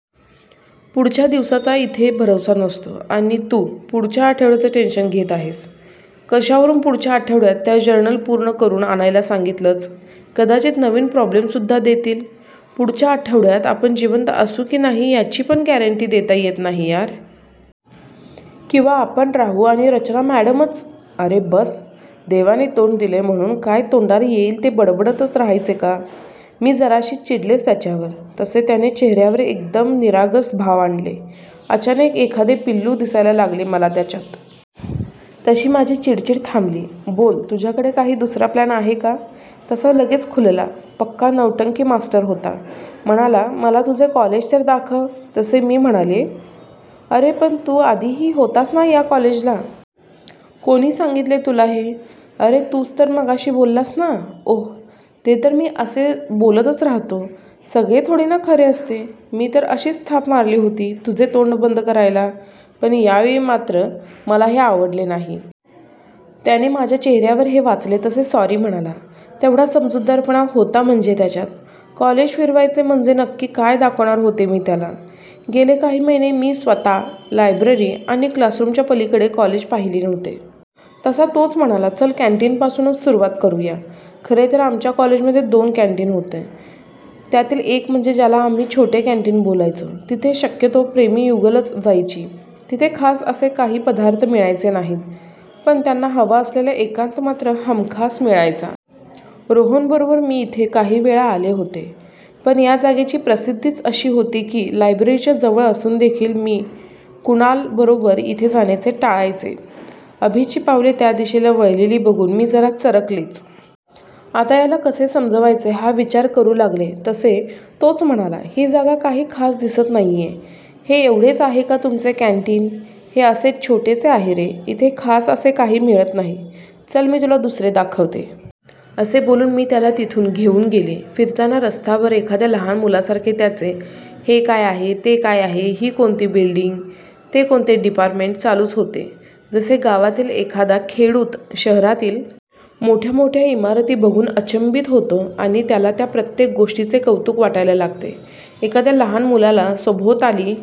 पुढच्या दिवसाचा इथे भरवसा नसतो आणि तू पुढच्या आठवड्याचे टेंशन घेत आहेस.. कशावरून पुढच्या आठवड्यात त्या जर्नल पूर्ण करून आणायला सांगतीलच.. कदाचित नवीन प्रॉब्लेमसुद्धा देतील.. पुढच्या आठवड्यात आपण जिवंत असू की नाही याची पण गॅरंटी देता येत नाही यार.. किंवा आपण राहू आणि रचना मॅडमच""अरे बस!! देवाने तोंड दिलेय म्हणून काय तोंडाला येईल ते बडबडतच राहायचे का? " मी जराशी चिडलेच त्याच्यावर. तसे त्याने चेहर्यावर एकदम निरागस भाव आणले. अचानक एखादे पिल्लू दिसायला लागले मला त्याच्यात. तशी माझी चिडचिड थांबली. "बोल, तुझ्याकडे काही दुसरा प्लॅन आहे का? तसा लगेच खुलला. पक्का नौटंकीमास्टर होता. म्हणाला, "मला तुझे कॉलेज तर दाखव. "तसे मी म्हणाले, "अरे पण तू आधी ही होतास ना या कॉलेजला.. ""कोणी सांगितले तुला हे? ""अरे तूच तर मगाशी बोललास ना? ""ओह्ह, ते तर मी असे बोलतच राहतो. सगळे थोडी ना खरे असते. ती तर अशीच थाप मारली होती, तुझे तोंड बंद करायला. पण यावेळी मात्र मला हे आवडले नाही. त्याने माझ्या चेहर्यावर हे वाचले तसे सॉरी म्हणाला.. तेवढा समजूतदारपणा होता म्हणजे त्याच्यात.. कॉलेज फिरवायचे म्हणजे नक्की काय दाखवणार होते मी याला. गेले काही महिने मीच स्वता लायब्ररी आणि क्लासरूमच्या पलीकडे कॉलेज पाहिले नव्हते. तसा तोच म्हणाला चल कॅंटीनपासूनच सुरूवात करूया. खरे तर आमच्या कॉलेजमध्ये दोन कॅंटीन होते. त्यातील एक म्हणजे ज्याला आम्ही छोटे कॅंटीन बोलायचो, तिथे शक्यतो प्रेमी युगुलच जायची. तिथे खास असे काही पदार्थ मिळायचे नाहीत पण त्यांना हवा असलेला एकांत मात्र हमखास मिळायचा. रोहन बरोबर मी इथे काही वेळा आले होते. पण या जागेची प्रसिद्धीच अशी होती की लायब्ररीच्या जवळ असून देखील मी कुणाल बरोबर इथे येण्याचे टाळायचे. अभीची पावले त्या दिशेला वळलेली बघून मी जरा चरकलेच. आता याला कसे समजवायचे हा विचार करू लागले तसे तोच म्हणाला, "ही जागा काही खास दिसत नाहिये, हे एवढेच आहे का तुमचे कॅंटीन? ""हे असेच छोटेसे आहे रे, इथे खास असे काही मिळत नाही, चल मी तुला दुसरे दाखवते. " असे बोलून मी त्याला तिथून घेऊन गेले. फिरताना रस्ताभर एखाद्या लहान मुलासारखे त्याचे हे काय आहे, ते काय आहे, ही कोणती बिल्डींग, ते कोणते डिपार्टमेंट चालूच होते. जसे गावातील एखादा खेडूत शहरातील मोठ्या मोठ्या इमारती बघून अचंबित होतो आणि त्याला त्या प्रत्येक गोष्टीचे कौतुक वाटायला लागते, एखाद्या लहान मुलाला सभोवताली